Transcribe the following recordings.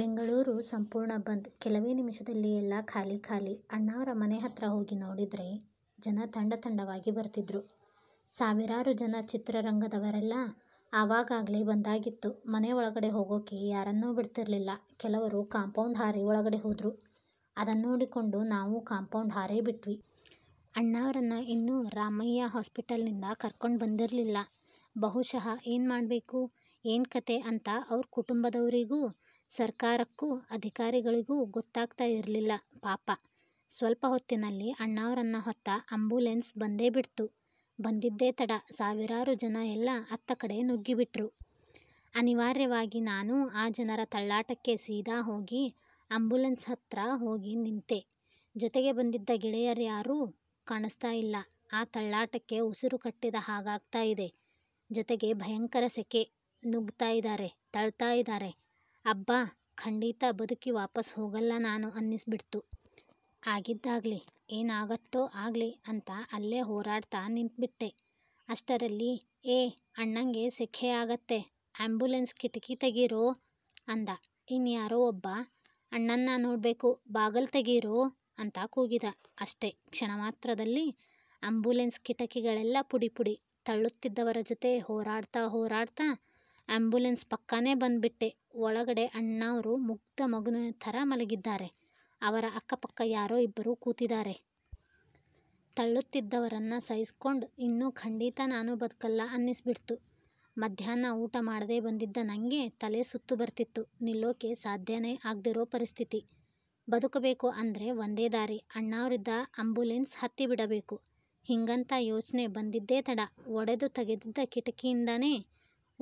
ಬೆಂಗಳೂರು ಸಂಪೂರ್ಣ ಬಂದ್. ಕೆಲವೇ ನಿಮಿಷದಲ್ಲಿ ಎಲ್ಲಾ ಖಾಲಿ ಖಾಲಿ, ಅಣ್ಣಾವ್ರ ಮನೆ ಹತ್ರ ಹೋಗಿ ನೋಡಿದ್ರೆ ಜನ ತಂಡ ತಂಡವಾಗಿ ಬರ್ತಿದ್ರು ಸಾವಿರಾರು ಜನ, ಚಿತ್ರರಂಗದವ್ರೆಲ್ಲ ಅವಾಗಾಗ್ಲೆ ಬಂದಾಗಿತ್ತು.. ಮನೆ ಒಳಗಡೆ ಹೋಗೋಕೆ ಯಾರನ್ನೂ ಬಿಡ್ತಿರ್ಲಿಲ್ಲ, ಕೆಲವರು ಕಾಂಪೌಂಡ್ ಹಾರಿ ಒಳಗಡೆ ಹೋದ್ರು, ಅದನ್ನೋಡಿಕೊಂಡ್ ನಾವೂ ಕಾಂಪೌಂಡ್ ಹಾರೆಬಿಟ್ವಿ. ಅಣ್ಣಾವ್ರನ್ನ ಇನ್ನೂ ರಾಮಯ್ಯ ಹಾಸ್ಪಿಟಲ್ನಿಂದ ಕರ್ಕೊಂಡ್ ಬಂದಿರಲಿಲ್ಲ, ಬಹುಶಃ ಏನ್ ಮಾಡ್ಬೇಕು, ಏನ್ ಕತೆ ಅಂತ ಅವ್ರ ಕುಟುಂಬದವ್ರಿಗೂ, ಸರಕಾರಕ್ಕೂ, ಅಧಿಕಾರಿಗಳಿಗೂ ಗೊತ್ತಾಗ್ತಾ ಇರ್ಲಿಲ್ಲ ಪಾಪ. ಸ್ವಲ್ಪ ಹೊತ್ತಿನಲ್ಲಿ ಅಣ್ಣಾವ್ರನ್ನ ಹೊತ್ತ ಅಂಬುಲನ್ಸ್ ಬಂದೇ ಬಿಡ್ತು. ಬಂದಿದ್ದೆ ತಡ ಸಾವಿರಾರು ಜನ ಎಲ್ಲ ಅತ್ತ ಕಡೆ ನುಗ್ಗಿಬಿಟ್ರು. ಅನಿವಾರ್ಯವಾಗಿ ನಾನೂ ಆ ಜನರ ತಳ್ಳಾಟಕ್ಕೆ ಸೀದಾ ಹೋಗಿ ಅಂಬುಲನ್ಸ್ ಹತ್ರ ಹೋಗಿ ನಿಂತೇ, ಜೊತೆ ಬಂದಿದ್ದ ಗೆಳೆಯರ್ಯಾರೂ ಕಾಣಿಸ್ತಾ ಇಲ್ಲ, ಆ ತಳ್ಳಾಟಕ್ಕೆ, ಉಸಿರು ಕಟ್ಟಿದ ಹಾಗಾಗ್ತಾ ಇದೆ. ಜೊತೆಗೆ ಭಯಂಕರ ಸೆಖೆ, ನುಗ್ಗತಾ ಇದಾರೆ, ತಳ್ತಾ ಇದಾರೆ. ಅಬ್ಬಾ ಖಂಡಿತ ಬದುಕಿ ವಾಪಸ್ ಹೋಗಲ್ಲ ನಾನು ಅನ್ನಿಸ್ಬಿಡ್ತು. ಆಗಿದ್ದಾಗಲಿ, ಏನ್ ಆಗತ್ತೊ ಆಗ್ಲಿ ಅಂತ ಅಲ್ಲೇ ಹೊರಾಡ್ತ ನಿಂತ್ಬಿಟ್ಟೆ. ಅಷ್ಟರಲ್ಲಿ "ಏ ಅಣ್ಣಂಗೆ ಸೆಖೆ ಆಗತ್ತೆ ಆಂಬುಲೆನ್ಸ್ ಕಿಟಕಿ ತೆಗಿರೋ ಅಂದ. ಇನ್ ಯಾರೊ ಒಬ್ಬ ಅಣ್ಣನ್ನ ನೋಡ್ಬೇಕು ಬಾಗಲ್ ತೆಗಿರೋ' ಅಂತ ಕೂಗಿದ. ಅಷ್ಟೇ.. ಕ್ಷಣಮಾತ್ರದಲ್ಲಿ ಅಂಬುಲನ್ಸ್ ಕಿಟಕಿಗಳೆಲ್ಲ ಪುಡಿ ಪುಡಿ. ತಳ್ಳುತ್ತಿದ್ದವರ ಜೊತೆ ಹೊರಾಡ್ತ ಹೊರಾಡ್ತ ಅಂಬುಲನ್ಸ್ ಪಕ್ಕಾನೆ ಬಂದ್ಬಿಟ್ಟೆ, ಒಳಗಡೆ ಅಣ್ಣಾವ್ರು ಮುಗ್ದ ಮಗುವಿನ ಥರ ಮಲಗಿದ್ದಾರೆ, ಅವ್ರ ಅಕ್ಕಪಕ್ಕ ಯಾರೋ ಇಬ್ರು ಕೂತಿದಾರೆ. ತಳ್ಳುತ್ತಿದ್ದವರನ್ನ ಸಹಿಸ್ಕೊಂಡ್ ಇನ್ನು ಖಂಡಿತ ನಾನು ಬದುಕಲ್ಲ ಅನ್ನಿಸ್ಬಿಡ್ತು. ಮಧ್ಯಾಹ್ನ ಊಟ ಮಾಡದೆ ಬಂದಿದ್ದ ನಂಗೆ ತಲೆ ಸುತ್ತು ಬರ್ತಿತ್ತು. ನಿಲ್ಲೋಕೆ ಸಾಧ್ಯನೆ ಆಗ್ದಿರೊ ಪರಿಸ್ಥಿತಿ, ಬದುಕಬೇಕು ಅಂದ್ರೆ ಒಂದೇ ದಾರಿ ಅಣ್ಣಾವ್ರಿದ್ದ ಅಂಬುಲನ್ಸ್ ಹತ್ತಿಬಿಡಬೇಕು ಹಿಂಗಂತ ಯೋಚ್ನೆ ಬಂದಿದ್ದೆ ತಡ, ಒಡೆದು ತೆಗದಿದ್ದ ಕಿಟಕಿಇಂದಾನೆ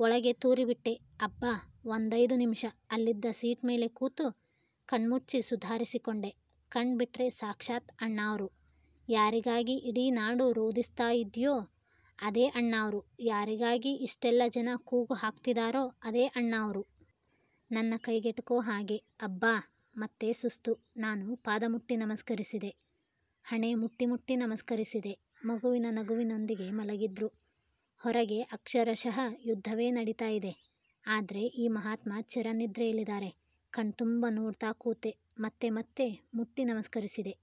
ಒಳಗೆ ತೂರಿಬಿಟ್ಟೆ, ಅಬ್ಬಾ ಒಂದೈದು ನಿಮಿಷ ಅಲ್ಲಿದ್ದ ಸೀಟ್ ಮೇಲೆ ಕೂತು ಕಣ್ಮುಚ್ಚಿ ಸುಧಾರಿಸಿಕೊಂಡೆ, ಕಣ್ ಬಿಟ್ರೆ ಸಾಕ್ಷಾತ್ ಅಣ್ಣಾವ್ರು, ಯಾರಿಗಾಗಿ ಇಡೀ ನಾಡು ರೋದಿಸ್ತಾ ಇದ್ಯೋ ಅದೇ ಅಣ್ಣಾವ್ರು, ಯಾರಿಗಾಗಿ ಇಷ್ಟೆಲ್ಲ ಜನ ಕೂಗು ಹಾಕ್ತಿದಾರೋ ಅದೇ ಅಣ್ಣಾವ್ರು.. ನನ್ನ ಕೈಗೆಟುಕೊ ಹಾಗೆ ಅಬ್ಬಾ, ಮತ್ತೆ ಸುಸ್ತು ನಾನು, ಪಾದ ಮುಟ್ಟಿ ನಮಸ್ಕರಿಸಿದೆ. ಹಣೆ ಮುಟ್ಟಿ ಮುಟ್ಟಿ ನಮಸ್ಕರಿಸಿದೆ, ಮಗುವಿನ ನಗುವಿನೊಂದಿಗೆ ಮಲಗಿದ್ರು, ಹೊರಗೆ ಅಕ್ಷರಶಃ ಯುದ್ಧವೇ ನಡೀತಾ ಇದೆ, ಆದ್ರೆ ಈ ಮಹಾತ್ಮ ಚಿರ ನಿದ್ರೆಲಿದಾರೆ. ಕಣ್ತುಂಬ ನೋಡ್ತಾ ಕೂತೆ, ಮತ್ತೆ ಮತ್ತೆ ಮುಟ್ಟಿ ನಮಸ್ಕರಿಸಿದೆ.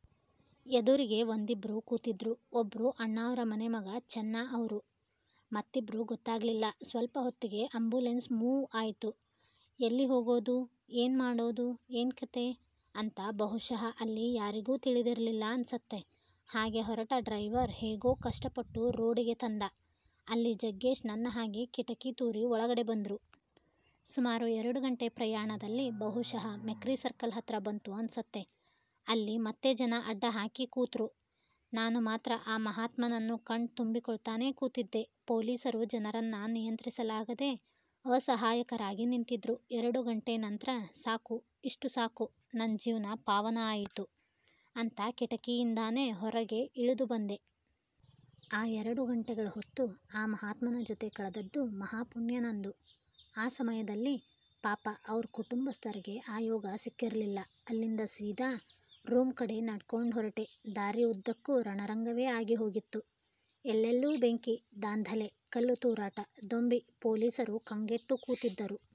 ಎದುರಿಗೆ ಒಂದಿಬ್ಬರು ಕೂತಿದ್ರು, ಒಬ್ರು ಅಣ್ಣಾವ್ರ ಮನೆಮಗ ಚೆನ್ನ ಅವ್ರು, ಮತ್ತಿಬ್ಬರು ಗೊತ್ತಾಗ್ಲಿಲ್ಲ. ಸ್ವಲ್ಪ ಹೊತ್ತಿಗೆ ಅಂಬುಲನ್ಸ್ ಮೂವ್ ಆಯಿತು, ಎಲ್ಲಿ ಹೋಗೋದು, ಏನ್ ಮಾಡೋದು, ಏನ್ ಕತೆ ಅಂತ ಬಹುಶಃ ಅಲ್ಲಿ ಯಾರಿಗೂ ತಿಳಿದಿರಲಿಲ್ಲ ಅನ್ಸತ್ತೆ, ಹಾಗೆ ಹೊರಟ ಡ್ರೈವರ್ ಹೇಗೋ ಕಷ್ಟಪಟ್ಟು ರೋಡಿಗೆ ತಂದ, ಅಲ್ಲಿ ಜಗ್ಗೇಶ್ ನನ್ ಹಾಗೆ ಕಿಟಕಿ ತೂರಿ ಒಳಗಡೆ ಬಂದ್ರು. ಸುಮಾರು ಎರಡು ಗಂಟೆ ಪ್ರಯಾಣದಲ್ಲಿ ಬಹುಶಃ ಮೆಕ್ರಿ ಸರ್ಕಲ್ ಹತ್ರ ಬಂತು ಅನ್ಸತ್ತೆ, ಅಲ್ಲಿ ಮತ್ತೆ ಜನ ಅಡ್ಡ ಹಾಕಿ ಕೂತರು. ನಾನು ಮಾತ್ರ ಆ ಮಹಾತ್ಮನ್ನ ಕಣ್ ತುಂಬಿಕೊಳ್ತಾನೆ ಕೂತಿದ್ದೆ, ಪೊಲೀಸರು ಜನರನ್ನ ನಿಯಂತ್ರಿಸಲಾಗದೆ ಅಸಹಾಯಕರಾಗಿ ನಿಂತಿದ್ರು, ಎರಡು ಗಂಟೆ ನಂತ್ರ ಸಾಕು ಇಷ್ಟು ಸಾಕು ನನ್ ಜೀವ್ನ ಪಾವನ ಆಯಿತು ಅಂತ ಕಿಟಕಿ ಇಂದಾನೆ ಹೊರಗೆ ಇಳಿದುಬಂದೆ. ಆ ಎರಡು ಗಂಟೆಗಳ ಹೊತ್ತು ಆ ಮಹಾತ್ಮನ ಜೊತೆ ಕಳೆದದ್ದು ಮಹಾ ಪುಣ್ಯ ನಂದು. ಆ ಸಮಯದಲ್ಲಿ ಪಾಪ ಅವ್ರ ಕುಟುಂಬಸ್ತರಿಗೆ ಆ ಯೋಗ ಸಿಕ್ಕಿರಲಿಲ್ಲ, ಅಲ್ಲಿಂದ ಸೀದಾ ರೂಮ್ ಕಡೆ ನಡ್ಕೊಂಡ್ ಹೊರಟೆ ದಾರಿ ಉದ್ದಕೂ ರಣರಂಗವೆ ಆಗಿ ಹೋಗಿತ್ತು, ಎಲ್ಲೆಲ್ಲೂ ಬೆಂಕಿ, ದಾಂಧಲೆ, ಕಲ್ಲು ತೂರಾಟ, ದೊಂಬಿ, ಪೊಲೀಸರು ಕಂಗೆಟ್ಟು ಕೂತಿದ್ದರು.